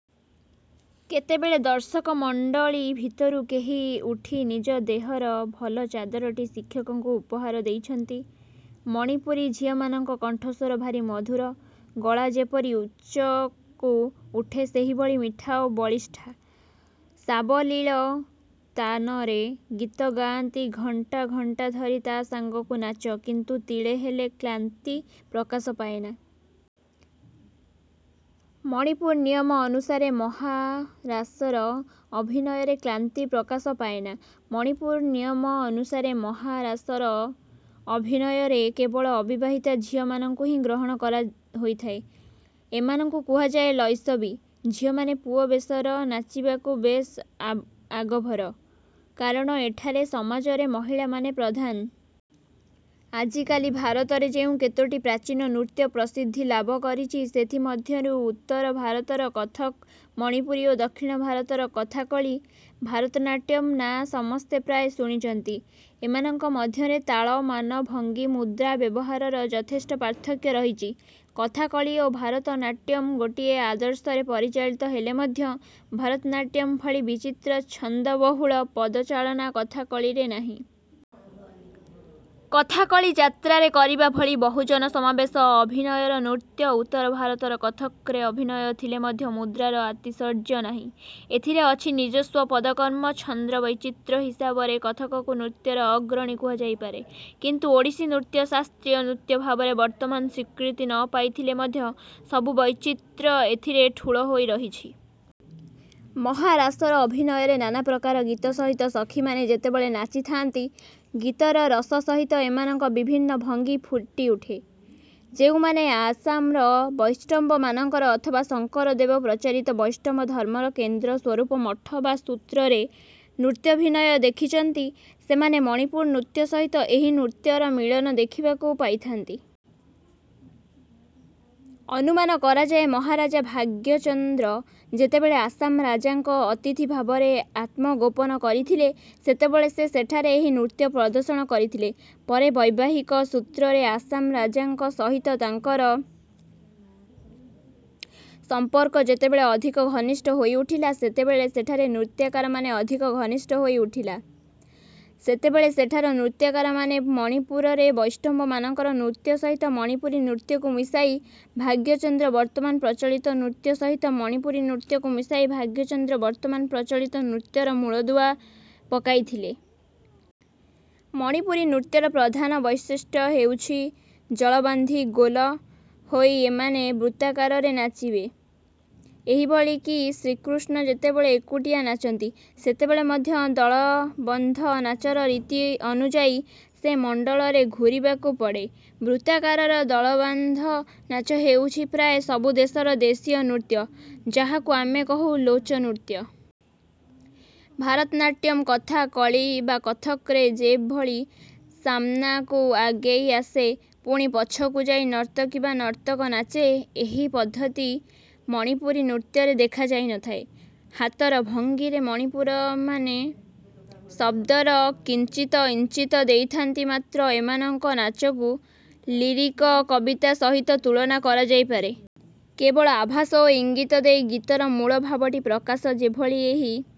କେତେବେଳେ ଦର୍ଶକମଣ୍ଡଳୀ ଭିତରୁ କେହି ଉଠି ନିଜ ଦେହର ଭଲ ଚାଦରଟି ଶିକ୍ଷକଙ୍କୁ ଉପହାର ଦେଇଛନ୍ତି। ମଣିପୁରୀ ଝିଅମାନଙ୍କ କଣ୍ଠସ୍ୱର ଭାରି ମଧୁର। ଗଳା ଯେପରି ଉଚ୍ଚକୁ ଉଠେ, ସେହିଭଳି ମିଠା ଓ ବଳିଷ୍ଠ। ସାବଲୀଳ ତାନରେ ଗୀତ ଗାଆନ୍ତି ଘଣ୍ଟା ଘଣ୍ଟା ଧରି, ତା ସାଙ୍ଗାକୁ ନାଚ-କିନ୍ତୁ ତିଳେହେଲେ କ୍ଲାନ୍ତି ପ୍ରକାଶ ପାଏନା। ମଣିପୁରୀ ନିୟମ ଅନୁସାରେ ମହାରାସର ଅଭିନୟରେ କ୍ଲାନ୍ତି ପ୍ରକାଶ ପାଏନା। ମଣିପୁରୀ ନିୟମ ଅନୁସାରେ ମହାରାସର ଅଭିନୟରେ କେବଳ ଅବିବାହିତା ଝିଅ ମାନଙ୍କୁ ହିଁ ଗ୍ରହଣ କରାହୋଇଥାଏ। ଏମାନଙ୍କୁ କୁହାଯାଏ ''ଲୈସବୀ''। ଝିଅମାନେ ପୁଅ ବେଶର ନାଚିବାକୁ ବେଶ୍ ଆଗଭର। କାରଣ ଏଠାର ସମାଜରେ ମହିଳାମାନେ ପ୍ରଧାନ। ଆଜିକାଲି ଭାରତରେ ଯେଉଁ କେତୋଟି ପ୍ରାଚୀନ ନୃତ୍ୟ ପ୍ରସିଦ୍ଧିଲାଭ କରିଚି, ସେଥିମଧ୍ୟରୁ ଉତ୍ତର-ଭାରତର କଥକ, ମଣିପୁରୀ ଓ ଦକ୍ଷିଣ-ଭାରତର କଥାକଳି, ଭାରତନାଟ୍ୟମ୍ ନାଁ ସମସ୍ତେ ପ୍ରାୟ ଶୁଣିଚନ୍ତି। ଏମାନଙ୍କ ମଧ୍ୟରେ ତାଳ, ମାନ, ଭଙ୍ଗୀ, ମୁଦ୍ରା ବ୍ୟବହାରରେ ଯଥେଷ୍ଟ ପାର୍ଥକ୍ୟ ରହିଛି। କଥାକଳି ଓ ଭାରତ ନାଟ୍ୟମ୍ ଗୋଟିଏ ଆଦର୍ଶରେ ପରିଚାଳିତ ହେଲେ ମଧ୍ୟ ଭାରତନାଟ୍ୟମ୍ ଭଳି ବିଚିତ୍ର ଛନ୍ଦବହୁଳ ପଦଚାଳନା କଥାକଳିରେ ନାହିଁ। କଥାକଳି ଯାତ୍ରାରେ କରିବା ଭଳି ବହୁଜନସମାବେଶ ଅଭିନୟର ନୃତ୍ୟ। ଉତ୍ତର-ଭାରତର କଥକରେ ଅଭିନୟ ଥିଲେ ମଧ୍ୟ ମୁଦ୍ରାର ଆତିଶଯ୍ୟ ନାହିଁ। ଏଥିରେ ଅଛି ନିଜସ୍ୱ ପଦକର୍ମ। ଛନ୍ଦ ବୈଚିତ୍ର୍ୟ ହିସାବରେ କଥକକୁ ନୃତ୍ୟର ଅଗ୍ରଣୀ କୁହାଯାଇପାରେ। କିନ୍ତୁ ଓଡ଼ିଶୀ ନୃତ୍ୟ ଶାସ୍ତ୍ରୀୟ ନୃତ୍ୟ ଭାବରେ ବର୍ତ୍ତମାନ ସ୍ୱୀକୃତି ନ ପାଇଥିଲେ ମଧ୍ୟ ସବୁ ବୈଚିତ୍ର୍ୟ ଏଥିରେ ଠୁଳ ହୋଇ ରହିଚି। ମହାରାସର ଅଭିନୟରେ ନାନାପ୍ରକାର ଗୀତ ସହିତ ସଖୀମାନେ ଯେତେବେଳେ ନାଚି ଥାଆନ୍ତି, ଗୀତର ରସ ସହିତ ଏମାନଙ୍କ ବିଭିନ୍ନ ଭଙ୍ଗି ଫୁଟିଉଠେ। ଯେଉଁମାନେ ଆସାମର ବୈଷ୍ଣବମାନଙ୍କର ଅଥବା ଶଙ୍କରଦେବ ପ୍ରଚାରିତ ବୈଷ୍ଣବ ଧର୍ମର କେନ୍ଦ୍ର ସ୍ୱରୂପ 'ମଠ' ବା 'ସୂତ୍ର'ରେ ନୃତ୍ୟାଭିନୟ ଦେଖିଚନ୍ତି, ସେମାନେ ମଣିପୁରୀ ନୃତ୍ୟ ସହିତ ଏହି ନୃତ୍ୟର ମିଳନ ଦେଖିବାକୁ ପାଇଥିବ। ଅନୁମାନ କରାଯାଏ, ମହାରାଜା ଭାଗ୍ୟଚନ୍ଦ୍ର ଯେତେବେଳେ ଆସାମ ରାଜାଙ୍କ ଅତିଥି ଭାବରେ ଆତ୍ମଗୋପନ କରିଥିଲେ, ସେତେବେଳେ ସେ ସେଠାରେ ଏହି ନୃତ୍ୟ ପ୍ରଦର୍ଶନ କରିଥିଲେ। ପରେ ବୈବାହିକ ସୂତ୍ରରେ ଆସାମ ରାଜାଙ୍କ ସହିତ ତାଙ୍କର ସମ୍ପର୍କ ଯେତେବେଳେ ଅଧିକ ଘନିଷ୍ଠ ହୋଇ ଉଠିଲା, ସେତେବେଳେ ସେଠାର ନୃତ୍ୟକାରମାନେ ଅଧିକ ଘନିଷ୍ଠ ହୋଇ ଉଠିଲା, ସେତେବେଳେ ସେଠାର ନୃତ୍ୟକାରମାନେ ମଣିପୁରରେ ବୈଷ୍ଣବମାନଙ୍କର ନୃତ୍ୟ ସହିତ ମଣିପୁରୀ ନୃତ୍ୟକୁ ମିଶାଇ ଭାଗ୍ୟଚନ୍ଦ୍ର ବର୍ତ୍ତମାନ ପ୍ରଚଳିତ ନୃତ ସହିତ ମଣିପୁରୀ ନୃତ୍ୟକୁ ମିଶାଇ ଭାଗ୍ୟଚନ୍ଦ୍ର ବର୍ତ୍ତମାନ ପ୍ରଚଳିତ ନୃତ୍ୟର ମୂଳଦୁଆ ପକାଇଥିଲେ। ମଣିପୁରୀ ନୃତ୍ୟର ପ୍ରଧାନ ବୈଶିଷ୍ଟ୍ୟ ହେଉଚି, ଜଳବାନ୍ଧି ଗୋଲ ହୋଇ ଏମାନେ ବୃତ୍ତାକାରରେ ନାଚିବା। ଏଭଳି କି ଶ୍ରୀକୃଷ୍ଣ ଯେତେବେଳେ ଏକୁଟିଆ ନାଚନ୍ତି, ସେତେବେଳେ ମଧ୍ୟ ଦଳବଦ୍ଧ ନାଚର ରୀତି ଅନୁଯାୟୀ ସେ ମଣ୍ଡଳରେ ଘୂରିବାକୁ ପଡ଼େ। ବୃତ୍ତାକାରରେ ଦଳବାନ୍ଧ ନାଚ ହେଉଚି ପ୍ରାୟ ସବୁ ଦେଶର ଦେଶୀୟ ନୃତ୍ୟ, ଯାହାକୁ ଆମେ କହୁ 'ଲୋଚନୃତ୍ୟ'। ଭାରତନାଟ୍ୟମ୍, କଥା କଳି ବା କଥକରେ ଯେଭଳି ସାମନାକୁ ଆଗେଇ ଆସି, ପୁଣି ପଛକୁ ଯାଇ ନର୍ତ୍ତକୀ ବା ନର୍ତ୍ତକ ନାଚେ, ଏହି ପଦ୍ଧତି ମଣିପୁରୀ ନୃତ୍ୟରେ ଦେଖାଯାଏନା। ହାତର ଭଙ୍ଗୀରେ ମଣିପୁରୀମାନେ ଶବ୍ଦର୍ଥର କିଞ୍ଚିତ ଇଙ୍ଗିତ୍ ଦେଇଥାନ୍ତି ମାତ୍ର। ଏମାନଙ୍କ ନାଚକୁ ଲିରିକ କବିତା ସହିତ ତୁଳନା କରାଯାଇପାରେ। କେବଳ ଆଭାସ ଓ ଇଙ୍ଗିତ ଦେଇ ଗୀତର ମୂଳଭାବଟି ପ୍ରକାଶ ଯେଭଳି ଏହି